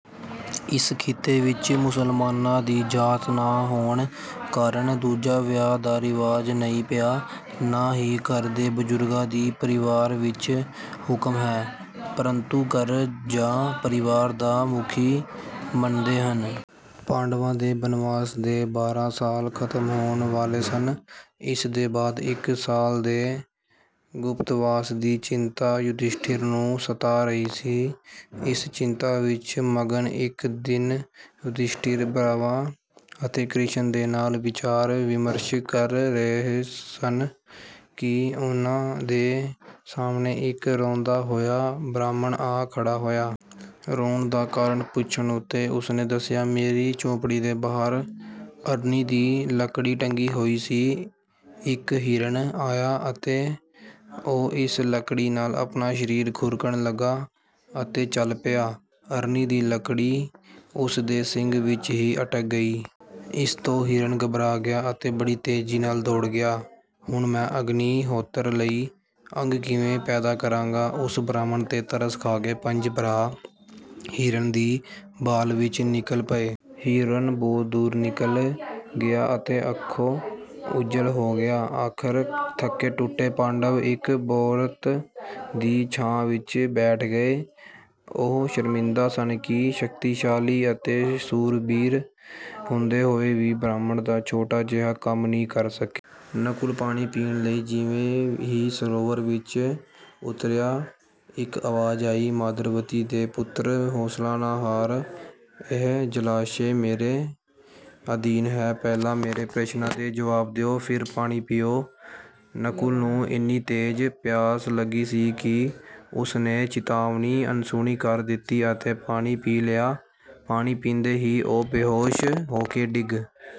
ਇਸ ਖਿੱਤੇ ਵਿੱਚ ਮੁਸਲਮਾਨਾਂ ਦੀ ਜਾਤ ਨਾ ਹੋਣ ਕਾਰਨ ਦੂਜਾ ਵਿਆਹ ਦਾ ਰਿਵਾਜ਼ ਨਹੀਂ ਪਿਆ। ਨਾ ਹੀ ਘਰ ਦੇ ਬਜ਼ੁਰਗਾਂ ਦੀ ਪਰਿਵਾਰ ਵਿੱਚ ਹੁਕਮ ਹੈ ਪਰੰਤੂ ਘਰ ਜਾਂ ਪਰਿਵਾਰ ਦਾ ਮੁਖੀ ਮੰਨਦੇ ਹਨ। ਪਾਂਡਵਾਂ ਦੇ ਬਨਵਾਸ ਦੇ ਬਾਰਾਂ ਸਾਲ ਖ਼ਤਮ ਹੋਣ ਵਾਲੇ ਸਨ। ਇਸ ਦੇ ਬਾਅਦ ਇੱਕ ਸਾਲ ਦੇ ਗੁਪਤਵਾਸ ਦੀ ਚਿੰਤਾ ਯੁਧਿਸ਼ਠਰ ਨੂੰ ਸਤਾ ਰਹੀ ਸੀ। ਇਸ ਚਿੰਤਾ ਵਿੱਚ ਮਗਨ ਇੱਕ ਦਿਨ ਯੁਧਿਸ਼ਠਰ ਭਰਾਵਾਂ ਅਤੇ ਕ੍ਰਿਸ਼ਣ ਦੇ ਨਾਲ ਵਿਚਾਰ ਵਿਮਰਸ਼ ਕਰ ਰਹੇ ਸਨ ਕਿ ਉਨ੍ਹਾਂ ਦੇ ਸਾਹਮਣੇ ਇੱਕ ਰੋਂਦਾ ਹੋਇਆ ਬ੍ਰਾਹਮਣ ਆ ਖੜਾ ਹੋਇਆ। ਰੋਣ ਦਾ ਕਾਰਨ ਪੁੱਛਣ ਉੱਤੇ ਉਸਨੇ ਦੱਸਿਆ, "ਮੇਰੀ ਝੋਪੜੀ ਦੇ ਬਾਹਰ ਅਰਣੀ ਦੀ ਲੱਕੜੀ ਟੰਗੀ ਹੋਈ ਸੀ। ਇੱਕ ਹਿਰਣ ਆਇਆ ਅਤੇ ਉਹ ਇਸ ਲੱਕੜੀ ਨਾਲ ਆਪਣਾ ਸਰੀਰ ਖੁਰਕਣ ਲਗਾ ਅਤੇ ਚੱਲ ਪਿਆ। ਅਰਣੀ ਦੀ ਲੱਕੜੀ ਉਸ ਦੇ ਸਿੰਗ ਵਿੱਚ ਹੀ ਅਟਕ ਗਈ। ਇਸ ਤੋਂ ਹਿਰਣ ਘਬਰਾ ਗਿਆ ਅਤੇ ਬੜੀ ਤੇਜੀ ਨਾਲ ਦੌੜ ਗਿਆ। ਹੁਣ ਮੈਂ ਅਗਨੀ ਹੋਤਰ ਲਈ ਅੱਗ ਕਿਵੇਂ ਪੈਦਾ ਕਰਾਂਗਾ?" ਉਸ ਬ੍ਰਾਹਮਣ ਤੇ ਤਰਸ ਖਾਕੇ ਪੰਜੇ ਭਰਾ ਹਿਰਣ ਦੀ ਭਾਲ ਵਿੱਚ ਨਿਕਲ ਪਏ। ਹਿਰਣ ਬਹੁਤ ਦੂਰ ਨਿਕਲ ਗਿਆ ਅਤੇ ਅੱਖੋਂ ਓਝਲ ਹੋ ਗਿਆ। ਆਖਰ ਥੱਕੇ ਟੁੱਟੇ ਪਾਂਡਵ ਇੱਕ ਬੋਹੜ ਦੀ ਛਾਂ ਵਿੱਚ ਬੈਠ ਗਏ। ਉਹ ਸ਼ਰਮਿੰਦਾ ਸਨ ਕਿ ਸ਼ਕਤੀਸ਼ਾਲੀ ਅਤੇ ਸੂਰਬੀਰ ਹੁੰਦੇ ਹੋਏ ਵੀ ਬ੍ਰਾਹਮਣ ਦਾ ਛੋਟਾ ਜਿਹਾ ਕੰਮ ਵੀ ਨਹੀਂ ਕਰ ਸਕੇ। ਨਕੁਲ ਪਾਣੀ ਪੀਣ ਲਈ ਜਿਵੇਂ ਹੀ ਸਰੋਵਰ ਵਿੱਚ ਉਤਰਿਆ, ਇੱਕ ਆਵਾਜ਼ ਆਈ, "ਮਾਦਰਵਤੀ ਦੇ ਪੁੱਤਰ, ਹੌਸਲਾ ਨਾ ਹਾਰ, ਇਹ ਜਲਾਸ਼ਏ ਮੇਰੇ ਆਧੀਨ ਹੈ। ਪਹਿਲਾਂ ਮੇਰੇ ਪ੍ਰਸ਼ਨਾਂ ਦੇ ਜਵਾਬ ਦਿਓ, ਫਿਰ ਪਾਣੀ ਪੀਓ।" ਨਕੁਲ ਨੂੰ ਇੰਨੀ ਤੇਜ ਪਿਆਸ ਲੱਗੀ ਸੀ ਕਿ ਉਸ ਨੇ ਚਿਤਾਵਨੀ ਅਣਸੁਣੀ ਕਰ ਦਿੱਤੀ ਅਤੇ ਪਾਣੀ ਪੀ ਲਿਆ। ਪਾਣੀ ਪੀਂਦੇ ਹੀ ਉਹ ਬੇਹੋਸ਼ ਹੋਕੇ ਡਿੱਗ